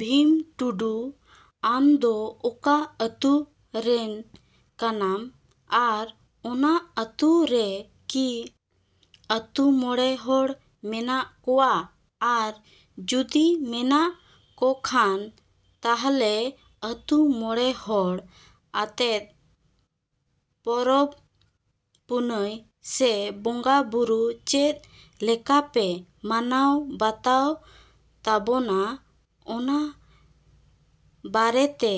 ᱵᱷᱤᱢ ᱴᱩᱰᱩ, ᱟᱢᱫᱚ ᱚᱠᱟ ᱟᱛᱳ ᱨᱮᱱ ᱠᱟᱱᱟᱢ ᱟᱨ ᱚᱱᱟ ᱟᱛᱳ ᱨᱮ ᱠᱤ ᱟᱛᱳ ᱢᱚᱬᱮ ᱦᱚᱲ ᱢᱮᱱᱟᱜ ᱠᱚᱣᱟ? ᱟᱨ ᱡᱩᱫᱤ ᱢᱮᱱᱟᱜ ᱠᱚᱠᱷᱟᱱ ᱛᱟᱦᱞᱮ ᱟᱛᱳ ᱢᱚᱬᱮ ᱦᱚᱲ ᱟᱛᱮᱫ ᱯᱚᱨᱚᱵᱽ ᱯᱩᱱᱟᱹᱭ ᱥᱮ ᱵᱚᱸᱜᱟᱼᱵᱩᱨᱩ ᱪᱮᱫ ᱞᱮᱠᱟᱯᱮ ᱢᱟᱱᱟᱣ ᱵᱟᱛᱟᱣ ᱛᱟᱵᱚᱱᱟ ᱚᱱᱟ ᱵᱟᱨᱮᱛᱮ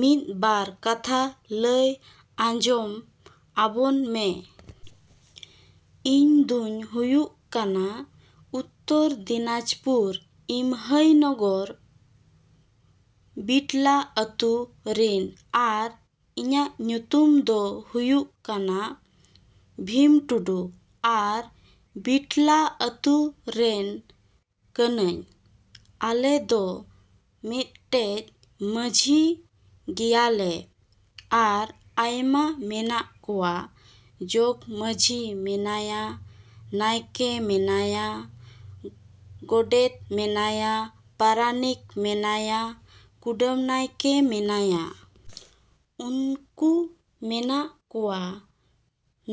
ᱢᱤᱫ ᱵᱟᱨ ᱠᱟᱛᱷᱟ ᱞᱟᱹᱭ ᱟᱸᱡᱚᱢ ᱟᱵᱚᱱ ᱢᱮ᱾ ᱤᱧ ᱫᱩᱧ ᱦᱩᱭᱩᱜ ᱠᱟᱱᱟ ᱩᱛᱛᱚᱨ ᱫᱤᱱᱟᱡᱽᱯᱩᱨ ᱤᱢᱦᱟᱹᱭᱱᱚᱜᱚᱨ ᱵᱤᱴᱞᱟ ᱟᱛᱳ ᱨᱮᱱ ᱟᱨ ᱤᱧᱟᱹᱜ ᱧᱩᱛᱩᱢ ᱫᱚ ᱦᱩᱭᱩᱜ ᱠᱟᱱᱟ ᱵᱷᱤᱢ ᱴᱩᱰᱩ᱾ ᱟᱨ ᱵᱤᱴᱞᱟ ᱟᱛᱳ ᱨᱮᱱ ᱠᱟᱹᱱᱟᱹᱧ᱾ ᱟᱞᱮ ᱫᱚ ᱢᱤᱫᱴᱮᱡ ᱢᱟᱹᱡᱷᱤ ᱜᱮᱭᱟᱞᱮ ᱟᱨ ᱟᱭᱢᱟ ᱢᱮᱱᱟᱜ ᱠᱚᱣᱟ, ᱡᱚᱜᱽ ᱢᱟᱹᱡᱷᱤ ᱢᱮᱱᱟᱭᱟ, ᱱᱟᱭᱠᱮ ᱢᱮᱱᱟᱭᱟ, ᱜᱳᱰᱮᱛ ᱢᱮᱱᱟᱭᱟ, ᱯᱟᱨᱟᱱᱤᱠ ᱢᱮᱱᱟᱭᱟ, ᱠᱩᱰᱟᱹᱢ ᱱᱟᱭᱠᱮ ᱢᱮᱱᱟᱭᱟ᱾ ᱩᱱᱠᱩ ᱢᱮᱱᱟᱜ ᱠᱚᱣᱟ᱾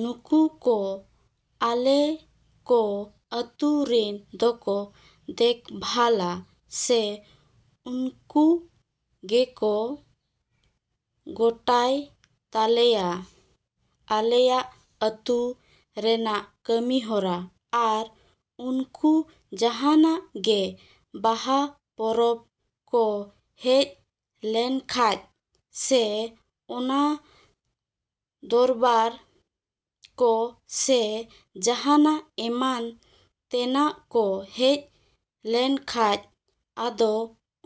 ᱱᱩᱠᱩ ᱠᱚ ᱟᱞᱮ ᱠᱚ ᱟᱛᱳ ᱨᱮᱱ ᱫᱚᱠᱚ ᱫᱮᱠᱷᱵᱷᱟᱞᱟ ᱥᱮ ᱩᱱᱠᱩ ᱜᱮᱠᱚ ᱜᱳᱴᱟᱭ ᱛᱟᱞᱮᱭᱟ ᱟᱞᱮᱭᱟᱜ ᱟᱛᱳ ᱨᱮᱱᱟᱜ ᱠᱟᱹᱢᱤᱦᱚᱨᱟ᱾ ᱟᱨ ᱩᱱᱠᱩ ᱡᱟᱦᱟᱱᱟᱜ ᱜᱮ ᱵᱟᱦᱟ ᱯᱚᱨᱚᱵᱽ ᱠᱚ ᱦᱮᱡ ᱞᱮᱱᱠᱷᱟᱡ ᱥᱮ ᱚᱱᱟ ᱫᱚᱨᱵᱟᱨ ᱠᱚ ᱥᱮ ᱡᱟᱦᱟᱱᱟᱜ ᱮᱢᱟᱱ ᱛᱮᱱᱟᱜ ᱠᱚ ᱦᱮᱡ ᱞᱮᱱᱠᱷᱟᱡ ᱟᱫᱚ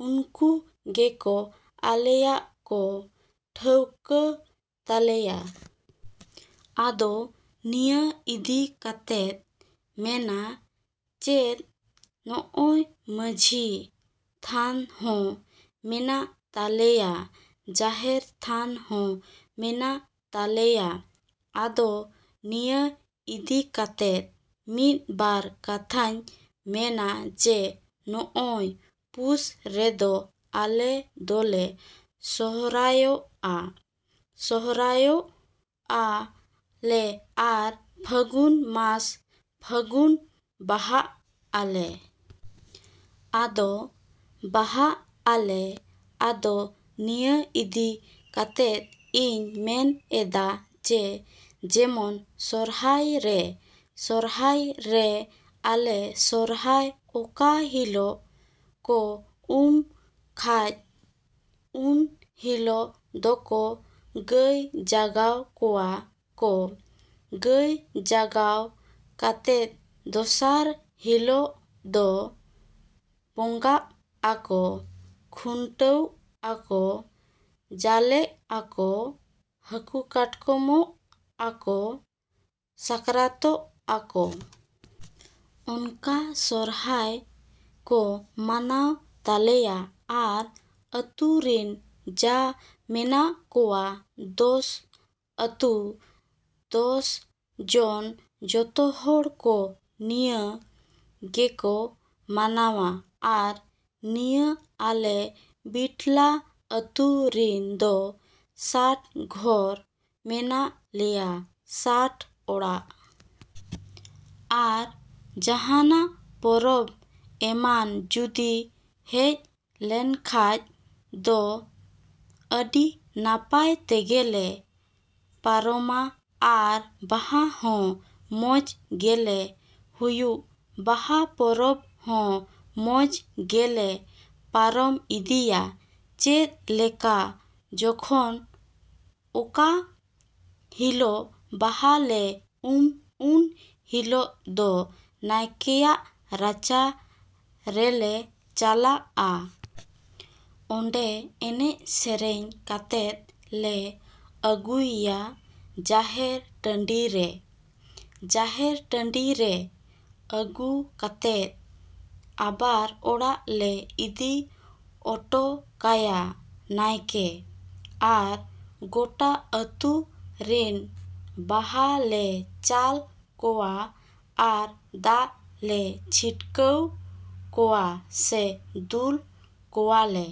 ᱩᱱᱠᱩ ᱜᱮᱠᱚ ᱟᱞᱮᱭᱟᱜ ᱠᱚ ᱴᱷᱟᱹᱣᱠᱟᱹ ᱛᱟᱞᱮᱭᱟ᱾ ᱟᱫᱚ ᱱᱤᱭᱟᱹ ᱤᱫᱤ ᱠᱟᱛᱮᱫ ᱢᱮᱱᱟ, ᱪᱮᱫ ᱱᱚᱜᱼᱚᱭ ᱢᱟᱹᱡᱷᱤ ᱛᱷᱟᱱ ᱦᱚᱸ ᱢᱮᱱᱟᱜ ᱛᱟᱞᱮᱭᱟ, ᱡᱟᱦᱮᱨ ᱛᱷᱟᱱ ᱦᱚᱸ ᱢᱮᱱᱟᱜ ᱛᱟᱞᱮᱭᱟ᱾ ᱟᱫᱚ ᱱᱤᱭᱟᱹ ᱤᱫᱤ ᱠᱟᱛᱮᱫ ᱢᱤᱫ ᱵᱟᱨ ᱠᱟᱛᱷᱟᱧ ᱢᱮᱱᱟ ᱡᱮ ᱱᱚᱜᱼᱚᱭ ᱯᱩᱥ ᱨᱮᱫᱚ ᱟᱞᱮ ᱫᱚᱞᱮ ᱥᱚᱨᱦᱟᱭᱚᱜᱼᱟ᱾ ᱥᱚᱨᱦᱟᱭᱚᱜᱼᱟ ᱞᱮ ᱟᱨ ᱯᱷᱟᱹᱜᱩᱱ ᱢᱟᱥ, ᱯᱷᱟᱹᱜᱩᱱ ᱵᱟᱦᱟᱜ ᱟᱞᱮ᱾ ᱟᱫᱚ ᱵᱟᱦᱟᱜ ᱟᱞᱮ ᱟᱫᱚ ᱱᱤᱭᱟᱹ ᱤᱫᱤ ᱠᱟᱛᱮᱫ ᱤᱧ ᱢᱮᱱ ᱮᱫᱟ ᱡᱮ ᱡᱮᱢᱚᱱ ᱥᱚᱨᱦᱟᱭ ᱨᱮ, ᱥᱚᱨᱦᱟᱭ ᱨᱮ ᱟᱞᱮ ᱥᱚᱨᱦᱟᱭ ᱚᱠᱟ ᱦᱤᱞᱳᱜ ᱠᱚ ᱩᱢ ᱠᱷᱟᱡ ᱩᱱ ᱦᱤᱞᱳᱜ ᱫᱚᱠᱚ ᱜᱟᱹᱭ ᱡᱟᱜᱟᱣ ᱠᱚᱣᱟ ᱠᱚ᱾ ᱜᱟᱹᱭ ᱡᱟᱜᱟᱣ ᱠᱟᱛᱮᱫ ᱫᱚᱥᱟᱨ ᱦᱤᱞᱟᱹᱜ ᱫᱚ ᱵᱚᱸᱜᱟᱸᱜ ᱟᱠᱚ, ᱠᱷᱩᱱᱴᱟᱹᱜ ᱟᱠᱚ, ᱡᱟᱞᱮᱜ ᱟᱠᱚ, ᱦᱟᱹᱠᱩ ᱠᱟᱴᱠᱚᱢᱚᱜᱼᱟ ᱠᱚ, ᱥᱟᱠᱨᱟᱛᱚᱜᱼᱟ ᱠᱚ᱾ ᱚᱱᱠᱟ ᱥᱚᱨᱦᱟᱭ ᱠᱚ ᱢᱟᱱᱟᱣ ᱛᱟᱞᱮᱭᱟ᱾ ᱟᱨ ᱟᱛᱳ ᱨᱮᱱ ᱡᱟ ᱢᱮᱱᱟᱜ ᱠᱚᱣᱟ ᱫᱚᱥ ᱟᱛᱳ ᱫᱚᱥ ᱡᱚᱱ ᱡᱚᱛᱚᱦᱚᱲ ᱠᱚ ᱱᱤᱭᱟᱹ ᱜᱮᱠᱚ ᱢᱟᱱᱟᱣᱟ᱾ ᱟᱨ ᱱᱤᱭᱟᱹ ᱟᱞᱮ ᱵᱤᱴᱞᱟ ᱟᱛᱳ ᱨᱮᱱ ᱫᱚ ᱥᱟᱴ ᱜᱷᱚᱨ ᱢᱮᱱᱟᱜ ᱞᱮᱭᱟ, ᱥᱟᱴ ᱚᱲᱟᱜ᱾ ᱟᱨ ᱡᱟᱦᱟᱱᱟᱜ ᱯᱚᱨᱚᱵᱽ ᱮᱢᱟᱱ ᱡᱩᱫᱤ ᱦᱮᱡ ᱞᱮᱱᱠᱷᱟᱡ ᱫᱚ ᱟᱹᱰᱤ ᱱᱟᱯᱟᱭ ᱛᱮᱜᱮᱞᱮ ᱯᱟᱨᱚᱢᱟ᱾ ᱟᱨ ᱵᱟᱦᱟ ᱦᱚᱸ ᱢᱚᱡᱽ ᱜᱮᱞᱮ ᱦᱩᱭᱩᱜ, ᱵᱟᱦᱟ ᱯᱚᱨᱚᱵᱽ ᱦᱚᱸ ᱢᱚᱡᱽ ᱜᱮᱞᱮ ᱯᱟᱨᱚᱢ ᱤᱫᱤᱭᱟ᱾ ᱪᱮᱫ ᱞᱮᱠᱟ ᱡᱚᱠᱷᱚᱱ ᱚᱠᱟ ᱦᱤᱞᱳᱜ ᱵᱟᱦᱟ ᱞᱮ ᱩᱢ ᱩᱱ ᱦᱤᱞᱳᱜ ᱫᱚ ᱱᱟᱭᱠᱮᱭᱟᱜ ᱨᱟᱪᱟ ᱨᱮᱞᱮ ᱪᱟᱞᱟᱜᱼᱟ᱾ ᱚᱸᱰᱮ ᱮᱱᱮᱡᱼᱥᱮᱨᱮᱧ ᱠᱟᱛᱮᱫ ᱞᱮ ᱟᱹᱜᱩᱭ ᱮᱭᱟ ᱡᱟᱦᱮᱨ ᱴᱟᱺᱰᱤ ᱨᱮ᱾ ᱡᱟᱦᱮᱨ ᱴᱟᱺᱰᱤ ᱨᱮ ᱟᱹᱜᱩ ᱠᱟᱛᱮᱫ ᱟᱵᱟᱨ ᱚᱲᱟᱜ ᱞᱮ ᱤᱫᱤ ᱚᱴᱚ ᱠᱟᱭᱟ ᱱᱟᱭᱠᱮ᱾ ᱟᱨ ᱜᱳᱴᱟ ᱟᱛᱳ ᱨᱮᱱ ᱵᱟᱦᱟ ᱞᱮ ᱪᱟᱞ ᱠᱚᱣᱟ ᱟᱨ ᱫᱟᱜ ᱞᱮ ᱪᱷᱤᱴᱠᱟᱹᱣ ᱠᱚᱣᱟ ᱥᱮ ᱫᱩᱞ ᱠᱚᱣᱟᱞᱮ᱾